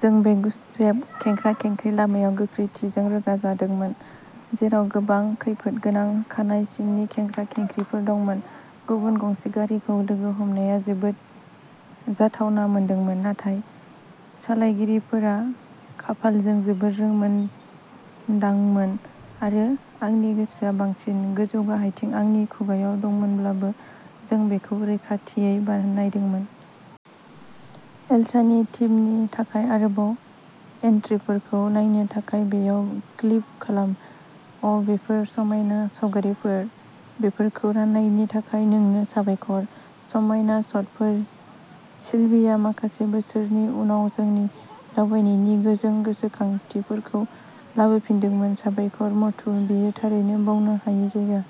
जों बे गुसेब खेंख्रा-खेंख्रि लामायाव गोख्रैथिजों रोगाजादोंमोन, जेराव गोबां खैफोदगोनां खानाय सिननि खेंख्रा-खेंख्रिफोर दंमोन। गुबुन गंसे गारिखौ लोगो हमनाया जोबोद जाथावना मोनदोंमोन, नाथाय सालायगिरिफोरा खाफालजों जोबोद रोंमोन्दांमोन, आरो आंनि गोसोआ बांसिन गोजौ-गाहायथिं आंनि खुगायाव दंमोनब्लाबो, जों बेखौ रैखाथियै बानायदोंमोन। एलसानि थिमनि थाखाय आरोबाव एन्ट्रिफोरखौ नायनो थाखाय बेयाव क्लिक खालाम। अ बेफोर समायना सावगारिफोर। बेफोरखौ राननायनि थाखाय नोंनो साबायखर। समायना शटफोर सिल्विया माखासे बोसोरनि उनाव जोंनि दावबायनायनि गोजों गोसोखांथिफोरखौ लाबोफिनदोंमोन। साबायखर, मधु। बेयो थारैनो बावनो हायै जायगा।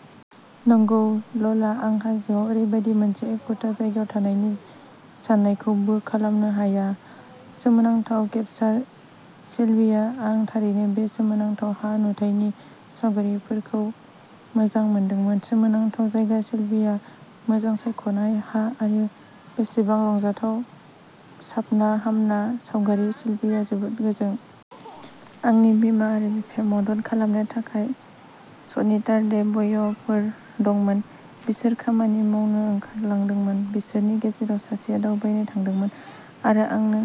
नंगौ, ल'ला। आं हाजोआव ओरैबायदि मोनसे एखुथा जायगायाव थानायनि साननायखौबो खालामनो हाया। सोमोनांथाव केपसार सिल्विया। आं थारैनो बे सोमोनांथाव हा नुथायनि सावगारिफोरखौ मोजां मोनदोंमोन। सोमोनांथाव जायगा सिल्विया, मोजां सायख'नाय हा आरो बेसेबां रंजाथाव साबनाहामना सावगारि सिल्विया, जोबोद गोजों। आंनि बिमा आरो बिफाया मदद खालामनो थाखाय सनिटारडे बय'फोर दंमोन। बिसोर खामानि मावनो ओंखारलांदोंमोन। बिसोरनि गेजेराव सासेया दावबायनो थांदोंमोन आरो आंनो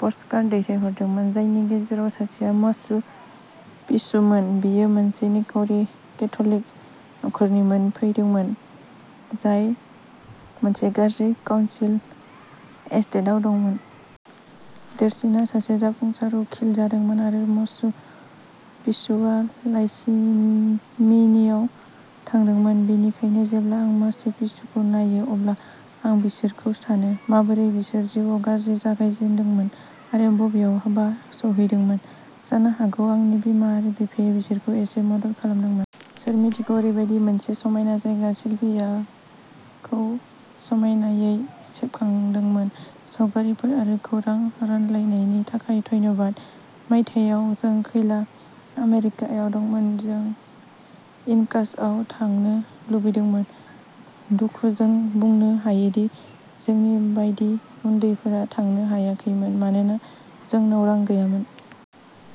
पस्टकार्ड दैथायहरदोंमोन, जायनि गेजेराव सासेआ माचु पिचुमोन। बियो मोनसे निखावरि केथ'लिक नखरनिफ्राय फैदोंमोन, जाय मोनसे गाज्रि काउन्सिल एस्टेटआव दंमोन। देरसिनआ सासे जाफुंसार उखिल जादोंमोन, आरो माचु पिचुआ लाइसिमिनियाव थांदोंमोन। बेनिखायनो जेब्ला आं माचु पिचुखौ नायो, अब्ला आं बिसोरखौ सानो, माबोरै बिसोर जिउआव गाज्रि जागायजेन्दोंमोन आरो बबेयावबा सौहैदोंमोन, जानो हागौ आंनि बिमा आरो बिफाया बिसोरखौ एसे मदद खालामदोंमोन। सोर मिन्थिगौ, ओरैबायदि मोनसे समायना जायगा, सिलभियाखौ समायनायै सेबखांदोंमोन सावगारिफोर आरो खौरां रानलायनायनि थाखाय धन्यबाद। मायथाइयाव जों खोला आमेरिकायाव दंमोन, जों इनकासआव थांनो लुबैदोंमोन। दुखुजों बुंनो हायोदि जोंनि बायदि उन्दैफोरा थांनो हायाखैमोन मानोना जोंनाव रां गैयामोन।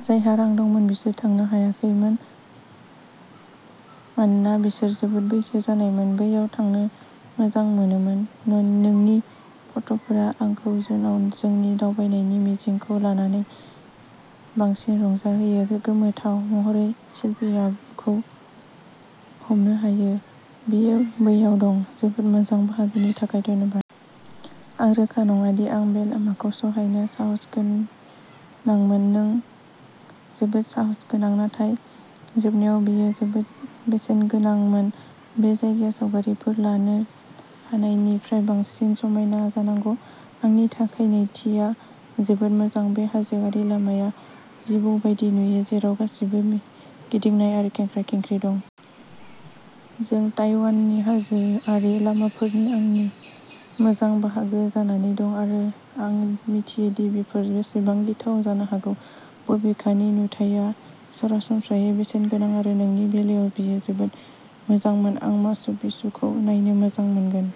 जायहा रां दंमोन बिसोर थांनो हायाखैमोन। मानोना बिसोर जोबोद बैसो जानायमोन, बैयाव थांनो मोजां मोनोमोन। नोंनि फट'फोरा आंखौ जुनआव जोंनि दावबायनायनि मिजिंखौ लानानै बांसिन रंजाहोयो। गोमोथाव महरै सिलभियाखौ हमनो हायो। बेयो बैयाव दं, जोबोद मोजां बाहागोनि थाखाय धन्यबाद। आं रोखा नङा दि आं बै लामाखौ सहायनो साहसगोनांमोन नों जोबोद साहसगोनां, नाथाय जोबनायाव बेयो जोबोद बेसेनगोनांमोन। बे जायगाया सावगारिफोर लानो हानायनिफ्राय बांसिन समायना जानांगौ। आंनि थाखाय नैथिआ जोबोद मोजां, बै हाजोआरि लामाया जिबौ बायदि नुयो, जेराव गासैबो गिदिंनाय आरो खेंख्रा-खेंख्रि दं। जों ताइवाननि हाजोआरि लामाफोरनि आंनि मोजां बाहागो जानानै दं आरो आं मिथियो दि बेफोर बेसेबां गिथाव जानो हागौ। बबेखानि नुथायआ सरासनस्रायै बेसेनगोनां आरो नोंनि बेलायाव बेयो जोबोद मोजांमोन। आं माचु पिचुखौ नायनो मोजां मोनगोन।